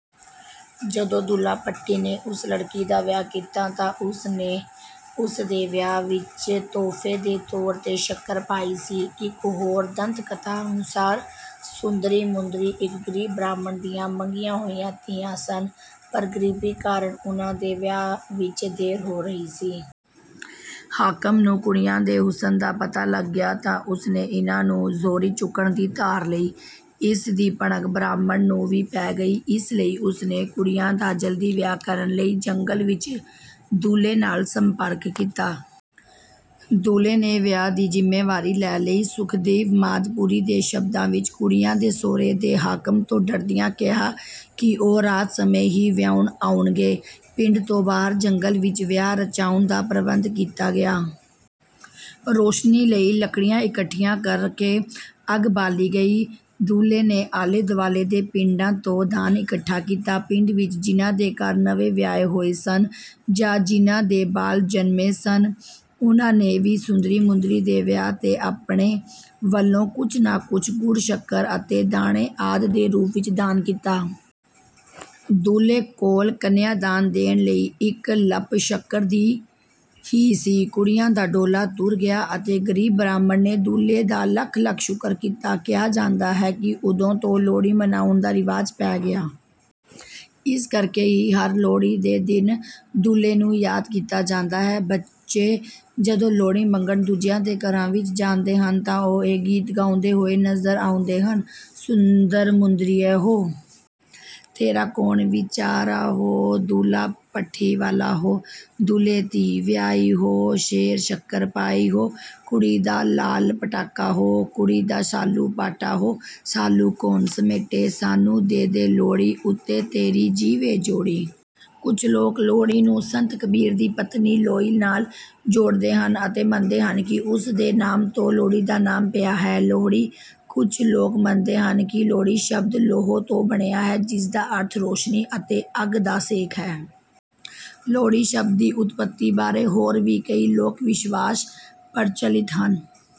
ਜਦੋਂ ਦੁੱਲਾ ਭੱਟੀ ਨੇ ਉਸ ਲੜਕੀ ਦਾ ਵਿਆਹ ਕੀਤਾ ਤਾਂ ਉਸ ਨੇ ਉਸ ਦੇ ਵਿਆਹ ਵਿੱਚ ਤੋਹਫ਼ੇ ਦੇ ਤੌਰ ’ਤੇ ਸ਼ੱਕਰ ਪਾਈ ਸੀ। ਇੱਕ ਹੋਰ ਦੰਤ-ਕਥਾ ਅਨੁਸਾਰ, ਸੁੰਦਰੀ-ਮੁੰਦਰੀ ਇੱਕ ਗਰੀਬ ਬ੍ਰਾਹਮਣ ਦੀਆਂ ਮੰਗੀਆਂ ਹੋਈਆਂ ਧੀਆਂ ਸਨ, ਪਰ ਗਰੀਬੀ ਕਾਰਨ ਉਨ੍ਹਾਂ ਦੇ ਵਿਆਹ ਵਿੱਚ ਦੇਰ ਹੋ ਰਹੀ ਸੀ। ਹਾਕਮ ਨੂੰ ਕੁੜੀਆਂ ਦੇ ਹੁਸਨ ਦਾ ਪਤਾ ਲੱਗ ਗਿਆ ਤਾਂ ਉਸ ਨੇ ਇਨ੍ਹਾਂ ਨੂੰ ਜ਼ੋਰੀਂ ਚੁੱਕਣ ਦੀ ਧਾਰ ਲਈ। ਇਸ ਦੀ ਭਿਣਕ ਬ੍ਰਾਹਮਣ ਨੂੰ ਵੀ ਪੈ ਗਈ। ਇਸ ਲਈ ਉਸ ਨੇ ਕੁੜੀਆਂ ਦਾ ਜਲਦੀ ਵਿਆਹ ਕਰਨ ਲਈ ਜੰਗਲ ਵਿੱਚ ਦੁੱਲੇ ਨਾਲ ਸੰਪਰਕ ਕੀਤਾ। ਦੁੱਲੇ ਨੇ ਵਿਆਹ ਦੀ ਜ਼ਿੰਮੇਵਾਰੀ ਲੈ ਲਈ। ਸੁਖਦੇਵ ਮਾਦਪੁਰੀ ਦੇ ਸ਼ਬਦਾਂ ਵਿੱਚ, “ਕੁੜੀਆਂ ਦੇ ਸਹੁਰਿਆਂ ਨੇ ਹਾਕਮ ਤੋਂ ਡਰਦਿਆਂ ਕਿਹਾ ਕਿ ਉਹ ਰਾਤ ਸਮੇਂ ਹੀ ਵਿਆਹੁਣ ਆਉਣਗੇ। ਪਿੰਡ ਤੋਂ ਬਾਹਰ ਜੰਗਲ ਵਿੱਚ ਵਿਆਹ ਰਚਾਉਣ ਦਾ ਪ੍ਰਬੰਧ ਕੀਤਾ ਗਿਆ। ਰੌਸ਼ਨੀ ਲਈ ਲੱਕੜੀਆਂ ਇਕੱਠੀਆਂ ਕਰਕੇ ਅੱਗ ਬਾਲੀ ਗਈ। ਦੁੱਲੇ ਨੇ ਆਲੇ-ਦੁਆਲੇ ਦੇ ਪਿੰਡਾਂ ਤੋਂ ਦਾਨ ਇਕੱਠਾ ਕੀਤਾ। ਪਿੰਡ ਵਿੱਚ ਜਿਨ੍ਹਾਂ ਦੇ ਘਰ ਨਵੇਂ ਵਿਆਹ ਹੋਏ ਸਨ ਜਾਂ ਜਿਨ੍ਹਾਂ ਦੇ ਬਾਲ ਜਨਮੇ ਸਨ, ਉਨ੍ਹਾਂ ਨੇ ਵੀ ਸੁੰਦਰੀ-ਮੁੰਦਰੀ ਦੇ ਵਿਆਹ ’ਤੇ ਆਪਣੇ ਵੱਲੋਂ ਕੁਝ ਨਾ ਕੁਝ ਗੁੜ-ਸ਼ੱਕਰ ਅਤੇ ਦਾਣੇ ਆਦਿ ਦੇ ਰੂਪ ਵਿੱਚ ਦਾਨ ਦਿੱਤਾ। ਦੁੱਲੇ ਕੋਲ ਕੰਨਿਆ-ਦਾਨ ਦੇਣ ਲਈ ਇੱਕ ਲੱਪ ਸ਼ੱਕਰ ਦੀ ਹੀ ਸੀ। ਕੁੜੀਆਂ ਦਾ ਡੋਲਾ ਤੁਰ ਗਿਆ ਅਤੇ ਗ਼ਰੀਬ ਬ੍ਰਾਹਮਣ ਨੇ ਦੁੱਲੇ ਦਾ ਲੱਖ-ਲੱਖ ਸ਼ੁਕਰ ਕੀਤਾ। ਕਿਹਾ ਜਾਂਦਾ ਹੈ ਕਿ ਉਦੋਂ ਤੋਂ ਲੋਹੜੀ ਮਨਾਉਣ ਦਾ ਰਿਵਾਜ ਪੈ ਗਿਆ।” ਇਸ ਕਰਕੇ ਹੀ ਹਰ ਲੋਹੜੀ ਦੇ ਦਿਨ ਦੁੱਲੇ ਨੂੰ ਯਾਦ ਕੀਤਾ ਜਾਂਦਾ ਹੈ। ਬੱਚੇ ਜਦੋਂ ਲੋਹੜੀ ਮੰਗਣ ਦੂਜਿਆਂ ਦੇ ਘਰਾਂ ਵਿੱਚ ਜਾਂਦੇ ਹਨ ਤਾਂ ਉਹ ਇਹ ਗੀਤ ਗਾਉਂਦੇ ਹੋਏ ਨਜ਼ਰ ਆਉਂਦੇ ਹਨ: “ਸੁੰਦਰ ਮੁੰਦਰੀਏ ਹੋ! ਤੇਰਾ ਕੌਣ ਵਿਚਾਰ ਹੋ! ਦੁੱਲਾ ਭੱਟੀ ਵਾਲਾ ਹੋ! ਦੁੱਲੇ ਧੀ ਵਿਆਹੀ ਹੋ! ਸੇਰ ਸ਼ੱਕਰ ਪਾਈ ਹੋ! ਕੁੜੀ ਦਾ ਲਾਲ ਪਟਾਕਾ ਹੋ! ਕੁੜੀ ਦਾ ਸਾਲੂ ਪਾਟਾ ਹੋ! ਸਾਲੂ ਕੌਣ ਸਮੇਟੇ!... ਸਾਨੂੰ ਦੇ ਦੇ ਲੋਹੜੀ, ਉੱਤੇ ਤੇਰੀ ਜੀਵੇ ਜੋੜੀ!” ਕੁਝ ਲੋਕ ਲੋਹੜੀ ਨੂੰ ਸੰਤ ਕਬੀਰ ਦੀ ਪਤਨੀ ਲੋਈ ਨਾਲ ਜੋੜਦੇ ਹਨ ਅਤੇ ਮੰਨਦੇ ਹਨ ਕਿ ਉਸੇ ਦੇ ਨਾਮ ਤੋਂ ਲੋਹੜੀ ਦਾ ਨਾਮ ਪਿਆ ਹੈ। ਲੋਹੜੀ ਕੁਝ ਲੋਕ ਮੰਨਦੇ ਹਨ ਕਿ ‘ਲੋਹੜੀ’ ਸ਼ਬਦ ‘ਲੋਹ’ ਤੋਂ ਬਣਿਆ ਹੈ, ਜਿਸ ਦਾ ਅਰਥ ਰੌਸ਼ਨੀ ਅਤੇ ਅੱਗ ਦਾ ਸੇਕ ਹੈ। ਲੋਹੜੀ ਸ਼ਬਦ ਦੀ ਉਤਪਤੀ ਬਾਰੇ ਹੋਰ ਵੀ ਕਈ ਲੋਕ-ਵਿਸ਼ਵਾਸ ਪ੍ਰਚਲਿਤ ਹਨ।